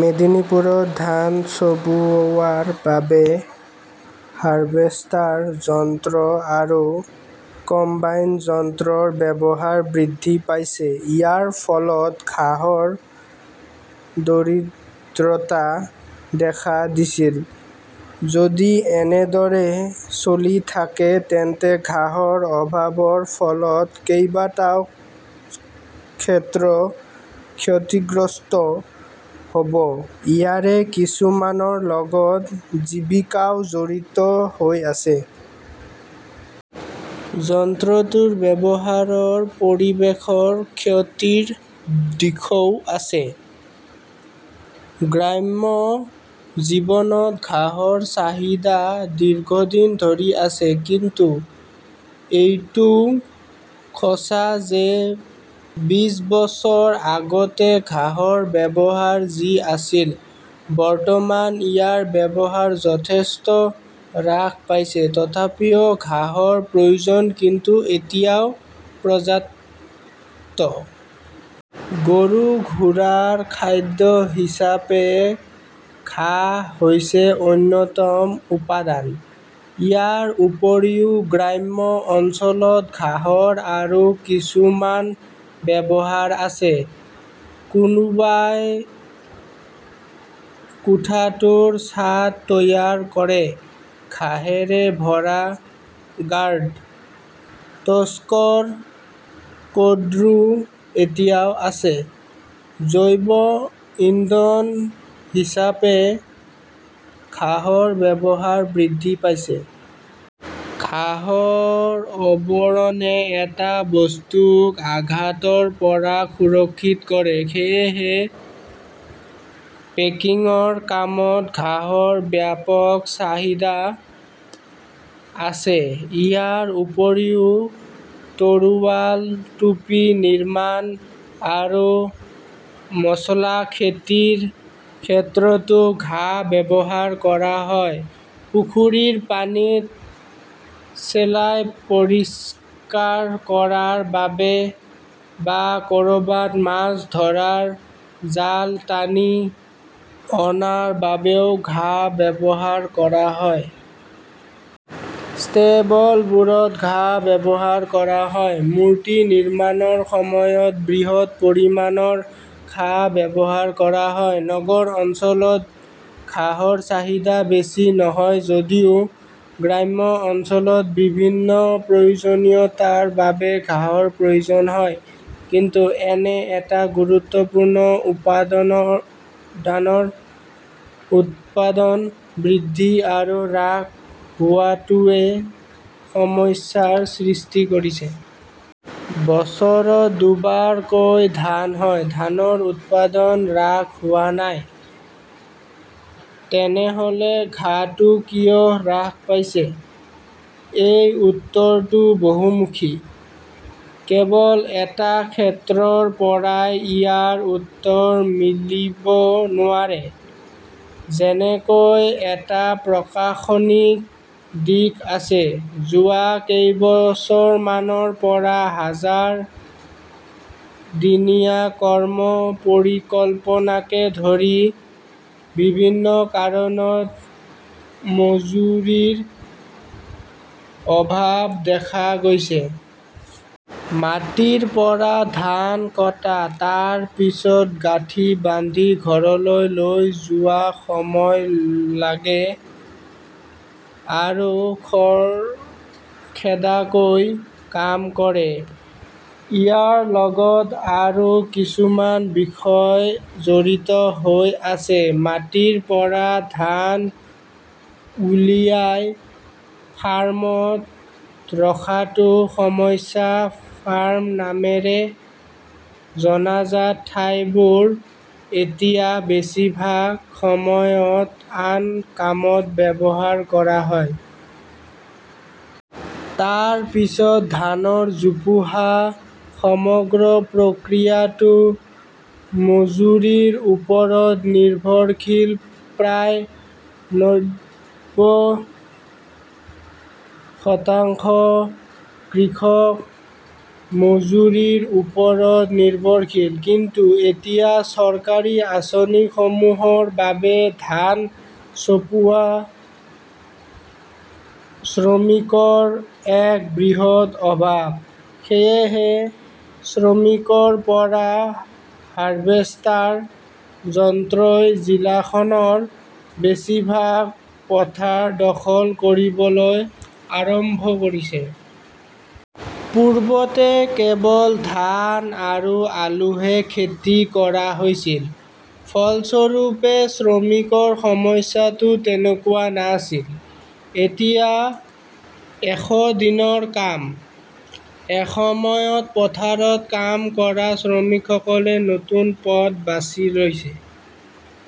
মেদিনীপুৰত ধান চপোৱাৰ বাবে হাৰভেষ্টাৰ যন্ত্ৰ বা কম্বাইন যন্ত্ৰৰ ব্যৱহাৰ বৃদ্ধি পাইছে। ইয়াৰ ফলত ঘাঁহৰ দৰিদ্ৰতা দেখা দিছিল। যদি এনেদৰে চলি থাকে তেন্তে ঘাঁহৰ অভাৱৰ ফলত কেইবাটাও ক্ষেত্ৰ ক্ষতিগ্ৰস্ত হ'ব। ইয়াৰে কিছুমানৰ লগত জীৱিকাও জড়িত হৈ আছে। যন্ত্ৰটোৰ ব্যৱহাৰৰ পৰিৱেশৰ ক্ষতিৰ দিশও আছে। গ্ৰাম্য জীৱনত ঘাঁহৰ চাহিদা দীৰ্ঘদিন ধৰি আছে। কিন্তু এইটোও সঁচা যে বিশ বছৰ আগতে ঘাঁহৰ ব্যৱহাৰ যি আছিল, বৰ্তমান ইয়াৰ ব্যৱহাৰ যথেষ্ট হ্ৰাস পাইছে। তথাপিও ঘাঁহৰ প্ৰয়োজন কিন্তু এতিয়াও পৰ্যাপ্ত। গৰু-ঘোঁৰাৰ খাদ্য হিচাপে ঘাঁহ হৈছে অন্যতম উপাদান। ইয়াৰ উপৰিও গ্ৰাম্য অঞ্চলত ঘাঁহৰ আৰু কিছু ব্যৱহাৰ আছে। কোনোবাই কোঠাটোৰ ছাদ তৈয়াৰ কৰে। ঘাঁহৰে ভৰা গাৰ্ড, তোশকৰ কডৰো এতিয়াও আছে। জৈৱ ইন্ধন হিচাপে ঘাঁহৰ ব্যৱহাৰ বৃদ্ধি পাইছে। ঘাঁহৰ আৱৰণে এটা বস্তুক আঘাতৰ পৰা সুৰক্ষিত কৰে। সেয়েহে পেকিংৰ কামত ঘাঁহৰ ব্যাপক চাহিদা আছে। ইয়াৰ উপৰিও, তৰোৱাল, টুপী নিৰ্মাণ আৰু মচলা খেতিৰ ক্ষেত্ৰতো ঘাহ ব্যৱহাৰ কৰা হয়। পুখুৰীৰ পানীত শেলাই পৰিষ্কাৰ কৰাৰ বাবে বা কৰবাত মাছ ধৰাৰ জাল টানি অনাৰ বাবেও ঘাঁহ ব্যৱহাৰ কৰা হয়। ষ্টেবলবোৰত ঘাঁহ ব্যৱহাৰ কৰা হয়। মূৰ্তি নিৰ্মাণৰ সময়ত বৃহৎ পৰিমাণৰ ঘাঁহ ব্যৱহাৰ কৰা হয়। নগৰ অঞ্চলত ঘাঁহৰ চাহিদা বেছি নহয় যদিও গ্ৰাম্য অঞ্চলত বিভিন্ন প্ৰয়োজনীয়তাৰ বাবে ঘাঁহৰ প্ৰয়োজন হয়। কিন্তু এনে এটা গুৰুত্বপূৰ্ণ উপাদানৰ উৎপাদন বৃদ্ধি আৰু হ্ৰাস হোৱাটোৱে সমস্যাৰ সৃষ্টি কৰিছে। বছৰত দুবাৰকৈ ধান হয়। ধানৰ উৎপাদন হ্ৰাস হোৱা নাই। তেনেহ'লে ঘাঁহটো কিয় হ্ৰাস পাইছে? এই উত্তৰটো বহুমুখী। কেৱল এটা ক্ষেত্ৰৰ পৰাই ইয়াৰ উত্তৰ মিলিব নোৱাৰে। যেনেকৈ এটা প্ৰশাসনিক দিশ আছে। যোৱা কেইবছৰমানৰ পৰা হাজাৰ দিনীয়া কৰ্ম পৰিকল্পনাকে ধৰি বিভিন্ন কাৰণত মজুৰিৰ অভাব দেখা গৈছে। মাটিৰ পৰা ধান কটা, তাৰ পিছত গাঁঠি বান্ধি ঘৰলৈ লৈ যোৱাত সময় লাগে আৰু খৰখেদাকৈ কাম কৰে। ইয়াৰ লগত আৰু কিছুমান বিষয় জড়িত হৈ আছে। মাটিৰ পৰা ধান উলিয়াই ফাৰ্মত ৰখাটো সমস্যা। ফাৰ্ম নামেৰে জনাজাত ঠাইবোৰ এতিয়া বেছিভাগ সময়ত আন কামত ব্যৱহাৰ কৰা হয়। তাৰ পিছত ধানৰ জোপোহা। সমগ্ৰ প্ৰক্ৰিয়াটো মজুৰিৰ ওপৰত নিৰ্ভৰশীল। প্ৰায় নব্বৈ শতাংশ কৃষক মজুৰিৰ ওপৰত নিৰ্ভৰশীল। কিন্তু এতিয়া চৰকাৰী আঁচনিসমূহৰ বাবে ধান চপোৱা শ্ৰমিকৰ এক বৃহৎ অভাৱ! সেয়েহে শ্ৰমিকৰ পৰা হাৰভেষ্টাৰ যন্ত্ৰই জিলাখনৰ বেছিভাগ পথাৰ দখল কৰিবলৈ আৰম্ভ কৰিছে। পূৰ্বতে কেৱল ধান আৰু আলুহে খেতি কৰা হৈছিল। ফলস্বৰূপে, শ্ৰমিকৰ সমস্যাটো তেনেকুৱা নাছিল। এতিয়া এশ দিনৰ কাম। এসময়ত পথাৰত কাম কৰা শ্ৰমিকসকলে নতুন পথ বাছি লৈছে।